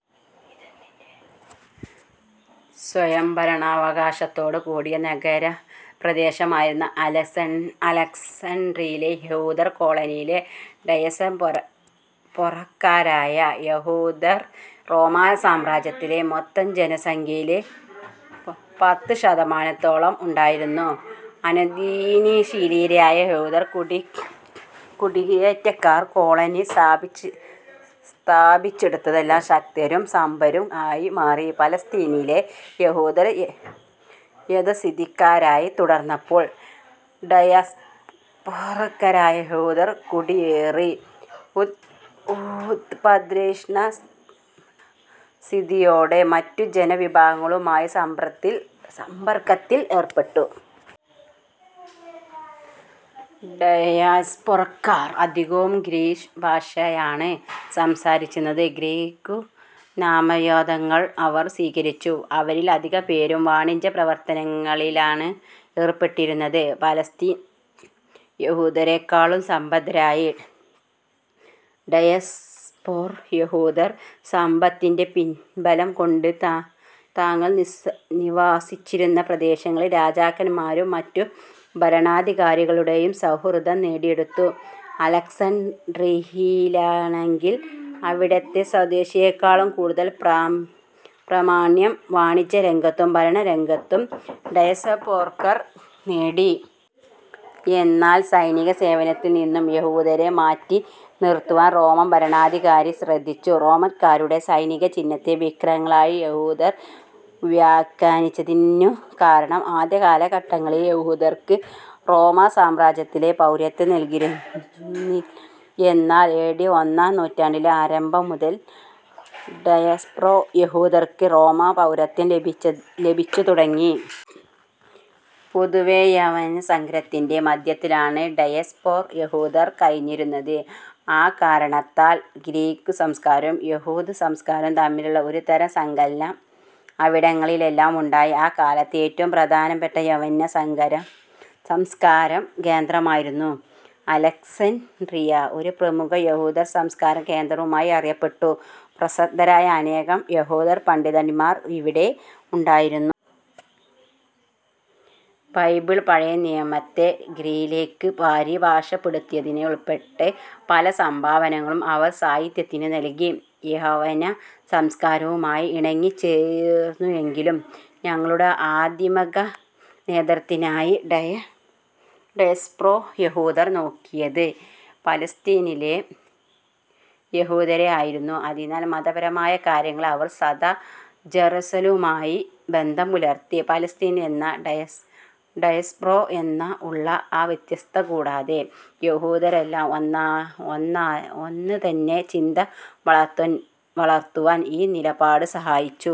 സ്വയംഭരണാവകാശത്തോടുകൂടിയ നഗരപ്രദേശമായിരുന്നു അലക്സാൻഡ്രിയയിലെ യഹൂദ കോളനി. ഡയസ്പൊറക്കാരായ യഹൂദർ റോമാ സാമ്രാജ്യത്തിലെ മൊത്തം ജനസംഖ്യയിൽ പത്തുശതമാനത്തോളം ഉണ്ടായിരുന്നു. അധ്വാനശീലരായ യഹൂദ കുടിയേറ്റക്കാർ കോളനി സ്ഥാപിച്ചിടത്തെല്ലാം ശക്തരും സമ്പന്നരും ആയി മാറി. പാലസ്തീനിലെ യഹൂദർ യാഥാസ്ഥിതികരായി തുടർന്നപ്പോൾ ഡയസ്പൊറക്കാരായ യഹൂദർ കുറേക്കൂടി ഉത്പതിഷ്ണമനസ്ഥിതിയോടെ മറ്റു ജനവിഭാഗങ്ങളുമായി സമ്പർക്കത്തിലേർപ്പെട്ടു. ഡയസ്പൊറക്കാർ അധികവും ഗ്രീക്കുഭാഷയാണു സംസാരിച്ചിരുന്നത്. ഗ്രീക്കു നാമധേയങ്ങളും അവർ സ്വീകരിച്ചു. അവരിൽ അധികംപേരും വാണിജ്യപ്രവർത്തനങ്ങളിലാണേർപ്പെട്ടിരുന്നത്. പലസ്തീൻ യഹൂദരെക്കാൾ സമ്പന്നരായി. ഡയസ്പൊറ യഹൂദർ സമ്പത്തിന്റെ പിൻബലം കൊണ്ട് തങ്ങൾ നിവസിച്ചിരുന്ന പ്രദേശങ്ങളിലെ രാജാക്കന്മാരുടേയും മറ്റു ഭരണാധികാരികളുടേയും സൗഹൃദം നേടിയെടുത്തു. അലക്സാൻഡ്രിയയിലാണെങ്കിൽ അവിടത്തെ സ്വദേശികളെക്കാൾ കൂടുതൽ പ്രാമാണ്യം വാണിജ്യരംഗത്തും ഭരണരംഗത്തും ഡയസ്പൊറക്കാർ നേടി. എന്നാൽ സൈനികസേവനത്തിൽ നിന്ന് യഹൂദരെ മാറ്റി നിർത്തുവാൻ റോമൻ ഭരണാധികാരികൾ ശ്രദ്ധിച്ചു. റോമാക്കാരുടെ സൈനിക ചിഹ്നത്തെ വിഗ്രഹങ്ങളായി യഹൂദർ വ്യാഖാനിച്ചതാണ് ഇതിനു കാരണം. ആദ്യകാലങ്ങളിൽ യഹൂദർക്ക് റോമാസാമ്രാജ്യത്തിലെ പൗരത്വവും നൽകിയിരുന്നില്ല. എന്നാൽ ഏ. ഡി. ഒന്നാം നൂറ്റാണ്ടിന്റെ ആരംഭം മുതൽ ഡയസ്പൊറ യഹൂദർക്ക് റോമൻ പൗരത്വം ലഭിച്ചു തുടങ്ങി. പൊതുവേ യവന സംസ്കാരത്തിന്റെ മധ്യത്തിലാണ് ഡയസ്പൊറ യഹൂദർ കഴിഞ്ഞിരുന്നത്. അക്കാരണത്താൽ ഗ്രീക്കു സംസ്കാരവും യഹൂദസംസ്കാരവും തമ്മിലുള്ള ഒരു തരം സങ്കലനം അവിടങ്ങളിലെല്ലാം ഉണ്ടായി. അക്കാലത്ത് ഏറ്റവും പ്രധാന യവന സംസ്കാര കേന്ദ്രമായിരുന്ന അലക്സാൻഡ്രിയ, ഒരു പ്രമുഖ യഹൂദ സംസ്കാര കേന്ദ്രമായും അറിയപ്പെട്ടു. പ്രശസ്തരായ അനേകം യഹൂദപണ്ഡിതന്മാർ ഇവിടെ ഉണ്ടായിരുന്നു. ബൈബിൾ പഴയ നിയമത്തെ ഗ്രീക്കിലേക്ക് പരിഭാഷപ്പെടുത്തിയതുൾപ്പെടെ പല സംഭാവനകളും അവർ സാഹിത്യത്തിനു നൽകി. യവന സംസ്കാരവുമായി ഇണങ്ങിച്ചേർന്നുവെങ്കിലും തങ്ങളുടെ ആധ്യാത്മിക നേതൃത്വത്തിനായി ഡയസ്പൊറ യഹൂദർ നോക്കിയത് പലസ്തീനിയൻ യഹൂദരെ ആയിരുന്നു. അതിനാൽ, മതപരമായ കാര്യങ്ങളിൽ അവർ സദാ ജെറുസലേമുമായി ബന്ധം പുലർത്തി. പലസ്തീനിയൻ എന്നോ ഡയസ്പൊറ എന്നോ ഉള്ള വ്യത്യാസം കൂടാതെ, യഹൂദരെല്ലാം ഒന്നാണെന്ന ചിന്ത വളർത്തുവാൻ ഈ നിലപാട് സഹായിച്ചു.